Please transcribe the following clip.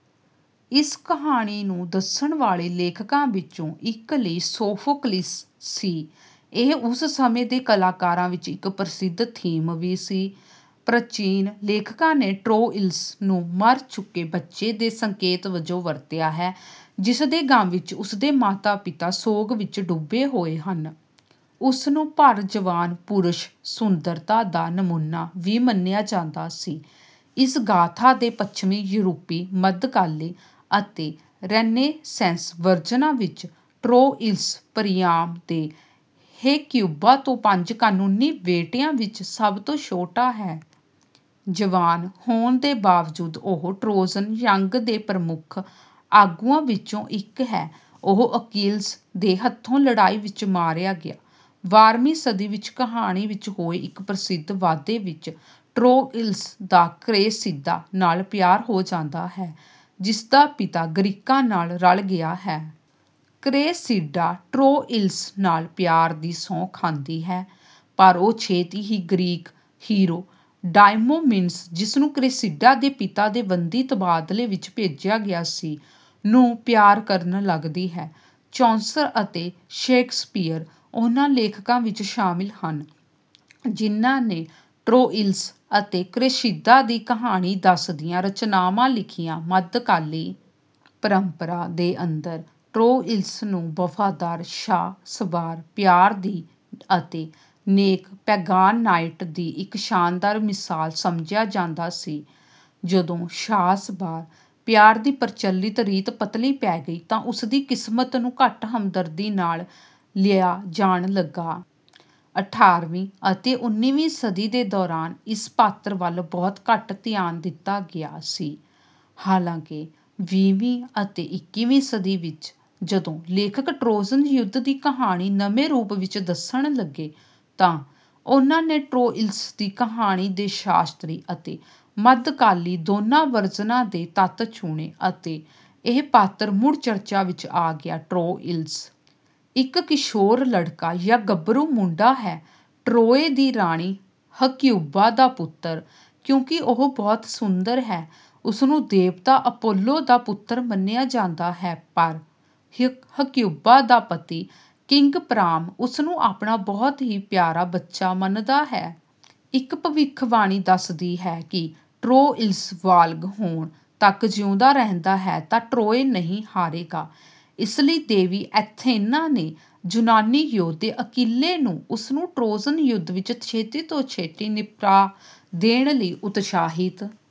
ਇਸ ਕਹਾਣੀ ਨੂੰ ਦੱਸਣ ਵਾਲੇ ਲੇਖਕਾਂ ਵਿੱਚੋਂ ਇੱਕ ਲਈ ਸੋਫ਼ੋਕਲੀਸ ਸੀ। ਇਹ ਉਸ ਸਮੇਂ ਦੇ ਕਲਾਕਾਰਾਂ ਵਿਚ ਇਕ ਪ੍ਰਸਿੱਧ ਥੀਮ ਵੀ ਸੀ। ਪ੍ਰਾਚੀਨ ਲੇਖਕਾਂ ਨੇ ਟਰੋਇਲਸ ਨੂੰ ਮਰ ਚੁੱਕੇ ਬੱਚੇ ਦੇ ਸੰਕੇਤ ਵਜੋਂ ਵਰਤਿਆ ਹੈ, ਜਿਸਦੇ ਗਮ ਵਿੱਚ ਉਸਦੇ ਮਾਤਾ-ਪਿਤਾ ਸੋਗ ਵਿਚ ਡੁੱਬੇ ਹੋਏ ਹਨ। ਉਸ ਨੂੰ ਭਰ ਜਵਾਨ ਪੁਰਸ਼ ਸੁੰਦਰਤਾ ਦਾ ਨਮੂਨਾ ਵੀ ਮੰਨਿਆ ਜਾਂਦਾ ਸੀ। ਇਸ ਗਾਥਾ ਦੇ ਪੱਛਮੀ ਯੂਰਪੀ ਮੱਧਕਾਲੀ ਅਤੇ ਰੇਨੇਸੈਂਸ ਵਰਜਨਾਂ ਵਿੱਚ, ਟਰੋਇਲਸ ਪਰਿਆਮ ਦੇ ਹੇਕਿਊਬਾ ਤੋਂ ਪੰਜ ਕਾਨੂੰਨੀ ਬੇਟਿਆਂ ਵਿੱਚ ਸਭ ਤੋਂ ਛੋਟਾ ਹੈ। ਜਵਾਨ ਹੋਣ ਦੇ ਬਾਵਜੂਦ ਉਹ ਟਰੋਜਨ ਜੰਗ ਦੇ ਪ੍ਰਮੁੱਖ ਆਗੂਆਂ ਵਿੱਚੋਂ ਇੱਕ ਹੈ। ਉਹ ਅਕੀਲਜ਼ ਦੇ ਹੱਥੋਂ ਲੜਾਈ ਵਿਚ ਮਾਰਿਆ ਗਿਆ। ਬਾਰ੍ਹਵੀਂ ਸਦੀ ਵਿੱਚ ਕਹਾਣੀ ਵਿੱਚ ਹੋਏ ਇੱਕ ਪ੍ਰਸਿੱਧ ਵਾਧੇ ਵਿੱਚ, ਟਰੋਇਲਸ ਦਾ ਕ੍ਰੇਸੀਦਾ ਨਾਲ ਪਿਆਰ ਹੋ ਜਾਂਦਾ ਹੈ, ਜਿਸਦਾ ਪਿਤਾ ਗ੍ਰੀਕਾਂ ਨਾਲ ਰਲ਼ ਗਿਆ ਹੈ। ਕ੍ਰੇਸਿਡਾ ਟਰੋਇਲਸ ਨਾਲ ਪਿਆਰ ਦੀ ਸਹੁੰ ਖਾਂਦੀ ਹੈ, ਪਰ ਉਹ ਛੇਤੀ ਹੀ ਗ੍ਰੀਕ ਹੀਰੋ ਡਾਇਓਮੀਡਜ਼, ਜਿਸ ਨੂੰ ਕ੍ਰੇਸਿਡਾ ਦੇ ਪਿਤਾ ਦੇ ਬੰਦੀ ਤਬਾਦਲੇ ਵਿੱਚ ਭੇਜਿਆ ਗਿਆ ਸੀ, ਨੂੰ ਪਿਆਰ ਕਰਨ ਲੱਗਦੀ ਹੈ। ਚੌਸਰ ਅਤੇ ਸ਼ੇਕਸਪੀਅਰ ਉਨ੍ਹਾਂ ਲੇਖਕਾਂ ਵਿਚ ਸ਼ਾਮਲ ਹਨ, ਜਿਨ੍ਹਾਂ ਨੇ ਟਰੋਇਲਸ ਅਤੇ ਕ੍ਰੇਸੀਦਾ ਦੀ ਕਹਾਣੀ ਦੱਸਦੀਆਂ ਰਚਨਾਵਾਂ ਲਿਖੀਆਂ। ਮੱਧਕਾਲੀ ਪਰੰਪਰਾ ਦੇ ਅੰਦਰ, ਟਰੋਇਲਸ ਨੂੰ ਵਫ਼ਾਦਾਰ ਸ਼ਾਹਸਵਾਰ ਪਿਆਰ ਦੀ ਅਤੇ ਨੇਕ-ਪੈਗਾਨ ਨਾਇਟ ਦੀ ਇੱਕ ਸ਼ਾਨਦਾਰ ਮਿਸਾਲ ਸਮਝਿਆ ਜਾਂਦਾ ਸੀ। ਜਦੋਂ ਸ਼ਾਹਸਵਾਰ ਪਿਆਰ ਦੀ ਪ੍ਰਚਲਿਤ ਰੀਤ ਪਤਲੀ ਪੈ ਗਈ ਤਾਂ ਉਸ ਦੀ ਕਿਸਮਤ ਨੂੰ ਘੱਟ ਹਮਦਰਦੀ ਨਾਲ ਲਿਆ ਜਾਣ ਲੱਗਾ। ਅਠਾਰ੍ਹਵੀਂ ਅਤੇ ਉੱਨੀਵੀਂ ਸਦੀ ਦੇ ਦੌਰਾਨ ਇਸ ਪਾਤਰ ਵੱਲ ਬਹੁਤ ਘੱਟ ਧਿਆਨ ਦਿੱਤਾ ਗਿਆ ਸੀ। ਹਾਲਾਂਕਿ, ਵੀਹਵੀਂ ਅਤੇ ਇੱਕੀਵੀਂ ਸਦੀ ਵਿੱਚ, ਜਦੋਂ ਲੇਖਕ ਟਰੋਜਨ ਯੁੱਧ ਦੀ ਕਹਾਣੀ ਨਵੇਂ ਰੂਪ ਵਿੱਚ ਦੱਸਣ ਲੱਗੇ, ਤਾਂ ਉਨ੍ਹਾਂ ਨੇ ਟਰੋਇਲਸ ਦੀ ਕਹਾਣੀ ਦੇ ਸ਼ਾਸਤਰੀ ਅਤੇ ਮੱਧਕਾਲੀ ਦੋਨਾਂ ਵਰਜਨਾਂ ਦੇ ਤੱਤ ਚੁਣੇ ਅਤੇ ਇਹ ਪਾਤਰ ਮੁੜ ਚਰਚਾ ਵਿੱਚ ਆ ਗਿਆ। ਟਰੋਇਲਸ ਇੱਕ ਕਿਸ਼ੋਰ ਲੜਕਾ ਜਾਂ ਗਭਰੂ ਮੁੰਡਾ ਹੈ, ਟਰੌਏ ਦੀ ਰਾਣੀ ਹਕਿਊਬਾ ਦਾ ਪੁੱਤਰ। ਕਿਉਂਕਿ ਉਹ ਬਹੁਤ ਸੁੰਦਰ ਹੈ, ਉਸਨੂੰ ਦੇਵਤਾ ਅਪੋਲੋ ਦਾ ਪੁੱਤਰ ਮੰਨਿਆ ਜਾਂਦਾ ਹੈ। ਪਰ, ਹਕਿਊਬਾ ਦਾ ਪਤੀ, ਕਿੰਗ ਪ੍ਰਾਮ, ਉਸ ਨੂੰ ਆਪਣਾ ਬਹੁਤ ਹੀ ਪਿਆਰਾ ਬੱਚਾ ਮੰਨਦਾ ਹੈ। ਇੱਕ ਭਵਿੱਖਬਾਣੀ ਦੱਸਦੀ ਹੈ ਕਿ ਟਰੋਇਲਸ ਬਾਲਗ ਹੋਣ ਤੱਕ ਜਿਉਂਦਾ ਰਹਿੰਦਾ ਹੈ ਤਾਂ ਟਰੌਏ ਨਹੀਂ ਹਾਰੇਗਾ। ਇਸ ਲਈ ਦੇਵੀ ਐਥੇਨਾ ਨੇ ਯੂਨਾਨੀ ਯੋਧੇ ਅਕੀਲੇ ਨੂੰ ਉਸ ਨੂੰ ਟਰੋਜਨ ਯੁੱਧ ਵਿਚ ਛੇਤੀ ਤੋਂ ਛੇਤੀ ਨਿਪਟਾ ਦੇਣ ਲਈ ਉਤਸ਼ਾਹਿਤ...